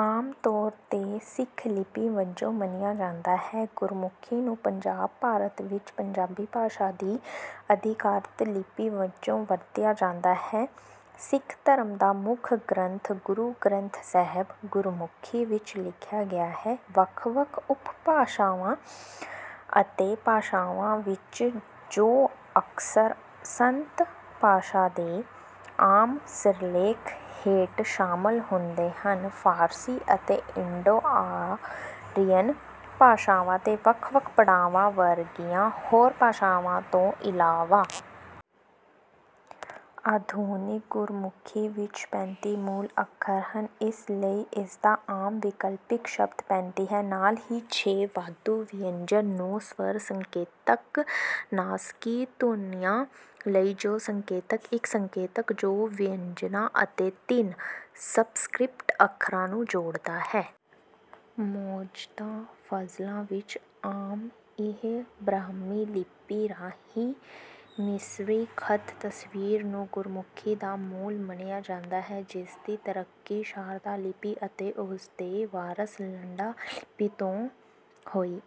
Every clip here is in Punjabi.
ਆਮ ਤੌਰ 'ਤੇ ਸਿੱਖ ਲਿਪੀ ਵਜੋਂ ਮੰਨਿਆ ਜਾਂਦਾ ਹੈ, ਗੁਰਮੁਖੀ ਨੂੰ ਪੰਜਾਬ, ਭਾਰਤ ਵਿੱਚ ਪੰਜਾਬੀ ਭਾਸ਼ਾ ਦੀ ਅਧਿਕਾਰਤ ਲਿਪੀ ਵਜੋਂ ਵਰਤਿਆ ਜਾਂਦਾ ਹੈ। ਸਿੱਖ ਧਰਮ ਦਾ ਮੁੱਖ ਗ੍ਰੰਥ, ਗੁਰੂ ਗ੍ਰੰਥ ਸਾਹਿਬ, ਗੁਰਮੁਖੀ ਵਿੱਚ ਲਿਖਿਆ ਗਿਆ ਹੈ, ਵੱਖ-ਵੱਖ ਉਪਭਾਸ਼ਾਵਾਂ ਅਤੇ ਭਾਸ਼ਾਵਾਂ ਵਿੱਚ ਜੋ ਅਕਸਰ ਸੰਤ ਭਾਸ਼ਾ ਦੇ ਆਮ ਸਿਰਲੇਖ ਹੇਠ ਸ਼ਾਮਲ ਹੁੰਦੇ ਹਨ, ਫਾਰਸੀ ਅਤੇ ਇੰਡੋ-ਆਰੀਅਨ ਭਾਸ਼ਾਵਾਂ ਦੇ ਵੱਖ-ਵੱਖ ਪੜਾਵਾਂ ਵਰਗੀਆਂ ਹੋਰ ਭਾਸ਼ਾਵਾਂ ਤੋਂ ਇਲਾਵਾ। ਆਧੁਨਿਕ ਗੁਰਮੁਖੀ ਵਿੱਚ ਪੈਂਤੀ ਮੂਲ ਅੱਖਰ ਹਨ, ਇਸ ਲਈ ਇਸਦਾ ਆਮ ਵਿਕਲਪਿਕ ਸ਼ਬਦ ਪੈਂਤੀ ਹੈ। ਨਾਲ ਹੀ ਛੇ ਵਾਧੂ ਵਿਅੰਜਨ, ਨੌਂ ਸਵਰ ਸੰਕੇਤਕ, ਨਾਸਕੀ ਧੁਨੀਆਂ ਲਈ ਦੋ ਸੰਕੇਤਕ, ਇੱਕ ਸੰਕੇਤਕ ਜੋ ਵਿਅੰਜਨਾਂ ਅਤੇ ਤਿੰਨ ਸਬਸਕ੍ਰਿਪਟ ਅੱਖਰਾਂ ਨੂੰ ਜੋੜਦਾ ਹੈ। ਮੌਜਦਾ ਫ਼ਾਜ਼ਲਾਂ ਵਿੱਚ, ਆਮ ਹੀ ਬ੍ਰਹਮੀ ਲਿਪੀ ਰਾਹੀਂ, ਮਿਸਰੀ ਖ਼ਤ ਤਸਵੀਰ ਨੂੰ ਗੁਰਮੁਖੀ ਦਾ ਮੂਲ ਮੰਨਿਆ ਜਾਂਦਾ ਹੈ ਜਿਸਦੀ ਤਰੱਕੀ ਸ਼ਾਰਦਾ ਲਿਪੀ ਅਤੇ ਉਸਦੇ ਵਾਰਸ ਲੰਡਾ ਲਿਪੀ ਤੋਂ ਹੋਈ।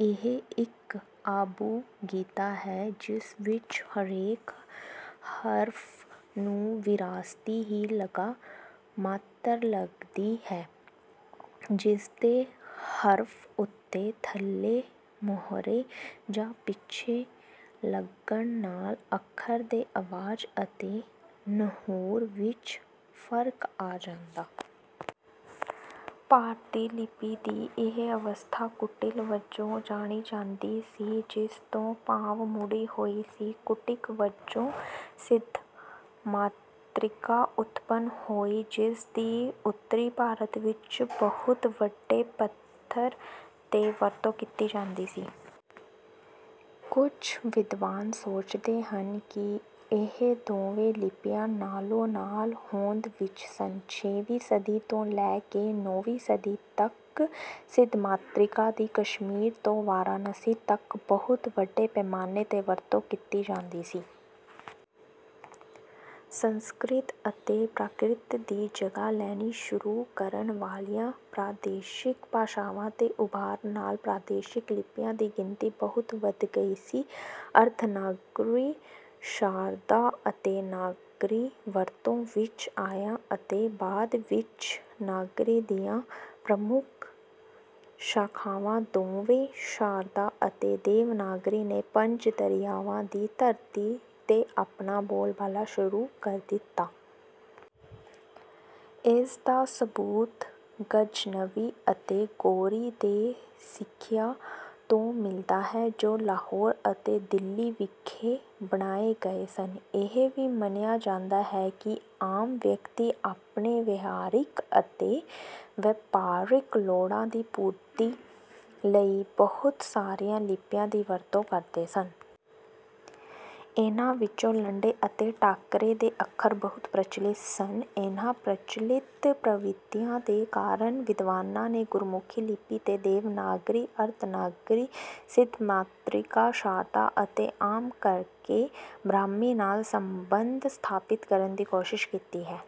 ਇਹ ਇੱਕ ਅਬੂਗੀਦਾ ਹੈ ਜਿਸ ਵਿੱਚ ਹਰੇਕ ਹਰਫ਼ ਨੂੰ ਵਿਰਾਸਤੀ ਹੀ ਲਗਾ ਮਾਤਰ ਲੱਗਦੀ ਹੈ, ਜਿਸਦੇ ਹਰਫ਼ ਉੱਤੇ, ਥੱਲੇ, ਮੋਹਰੇ ਜਾਂ ਪਿੱਛੇ ਲੱਗਣ ਨਾਲ਼ ਅੱਖਰ ਦੇ ਅਵਾਜ਼ ਅਤੇ ਨਹੁਰ ਵਿੱਚ ਫ਼ਰਕ ਆਹ ਜਾਂਦਾ। ਭਾਰਤੀ ਲਿਪੀ ਦੀ ਇਹ ਅਵਸਥਾ 'ਕੁਟਿਲ' ਵਜੋਂ ਜਾਣੀ ਜਾਂਦੀ ਸੀ, ਜਿਸ ਤੋਂ ਭਾਵ ਮੁੜੀ ਹੋਈ ਸੀ। ਕੁਟਿਕ ਵਜੋਂ ਸਿੱਧਮਾਤ੍ਰਿਕਾ ਉਤਪੰਨ ਹੋਈ ਜਿਸਦੀ ਉੱਤਰੀ ਭਾਰਤ ਵਿਚ ਬਹੁਤ ਵੱਡੇ ਪੱਧਰ ਤੇ ਵਰਤੋਂ ਕੀਤੀ ਜਾਂਦੀ ਸੀ। ਕੁਝ ਵਿਦਵਾਨ ਸੋਚਦੇ ਹਨ ਕਿ ਇਹ ਦੋਵੇਂ ਲਿਪੀਆਂ ਨਾਲੋਂ ਨਾਲ ਹੋਂਦ ਵਿਚ ਸਨ। ਛੇਵੀਂ ਸਦੀ ਤੋਂ ਲੈ ਕੇ ਨੌਂਵੀਂ ਸਦੀ ਤਕ, ਸਿੱਧਮਾਤ੍ਰਿਕਾ ਦੀ ਕਸ਼ਮੀਰ ਤੋਂ ਵਾਰਾਣਸੀ ਤਕ ਬਹੁਤ ਵੱਡੇ ਪੈਮਾਨੇ ਤੇ ਵਰਤੋਂ ਕੀਤੀ ਜਾਂਦੀ ਸੀ। ਸੰਸਕ੍ਰਿਤ ਅਤੇ ਪ੍ਰਾਕ੍ਰਿਤ ਦੀ ਜਗ੍ਹਾ ਲੈਣੀ ਸ਼ੁਰੂ ਕਰਨ ਵਾਲੀਆਂ ਪ੍ਰਾਦੇਸ਼ਿਕ ਭਾਸ਼ਾਵਾਂ ਦੇ ਉੱਭਾਰ ਨਾਲ ਪ੍ਰਾਦੇਸ਼ਿਕ ਲਿਪੀਆਂ ਦੀ ਗਿਣਤੀ ਬਹੁਤ ਵਧ ਗਈ ਸੀ। ਅਰਧਨਾਗਰੀ, ਸ਼ਾਰਦਾ ਅਤੇ ਨਾਗਰੀ ਵਰਤੋਂ ਵਿਚ ਆਈਆਂ ਅਤੇ ਬਾਅਦ ਵਿਚ ਨਾਗਰੀ ਦੀਆਂ ਪ੍ਰਮੁਖ ਸ਼ਾਖ਼ਾਵਾਂ ਦੋਵੇਂ ਸ਼ਾਰਦਾ ਅਤੇ ਦੇਵਨਾਗਰੀ ਨੇ ਪੰਜ ਦਰਿਆਵਾਂ ਦੀ ਧਰਤੀ ਤੇ ਆਪਣਾ ਬੋਲਬਾਲਾ ਸ਼ੁਰੂ ਕਰ ਦਿੱਤਾ। ਇਸਦਾ ਸਬੂਤ ਗ਼ਜ਼ਨਵੀ ਅਤੇ ਗੌਰੀ ਦੇ ਸਿੱਕਿਆਂ ਤੋਂ ਮਿਲਦਾ ਹੈ ਜੋ ਲਾਹੌਰ ਅਤੇ ਦਿੱਲੀਵਿਖੇ ਬਣਾਏ ਗਏ ਸਨ। ਇਹ ਵੀ ਮੰਨਿਆ ਜਾਂਦਾ ਹੈ ਕਿ ਆਮ ਵਿਅਕਤੀ ਆਪਣੇ ਵਿਹਾਰਿਕ ਅਤੇ ਵਪਾਰਿਕ ਲੋੜਾਂ ਦੀ ਪੂਰਤੀ ਲਈ ਬਹੁਤ ਸਾਰੀਆਂ ਲਿਪੀਆਂ ਦੀ ਵਰਤੋਂ ਕਰਦੇ ਸਨ। ਇਹਨਾਂ ਵਿਚੋਂਲੰਡੇ ਅਤੇ ਟਾਕਰੇ ਦੇ ਅੱਖਰ ਬਹੁਤ ਪ੍ਰਚਲਿਤ ਸਨ। ਇਹਨਾਂ ਪ੍ਰਚਲਿਤ ਪ੍ਰਵਿਰਤੀਆਂ ਦੇ ਕਾਰਨ ਵਿਦਵਾਨਾਂ ਨੇ ਗੁਰਮੁਖੀ ਲਿਪੀ ਦੇ ਦੇਵਨਾਗਰੀ, ਅਰਧਨਾਗਰੀ, ਸਿੱਧਮਾਤ੍ਰਿਕਾ, ਸ਼ਾਰਦਾ ਅਤੇ ਆਮ ਕਰਕੇ ਬ੍ਰਹਮੀ ਨਾਲ ਸੰਬੰਧ ਸਥਾਪਿਤ ਕਰਨ ਦੀ ਕੋਸ਼ਿਸ਼ ਕੀਤੀ ਹੈ।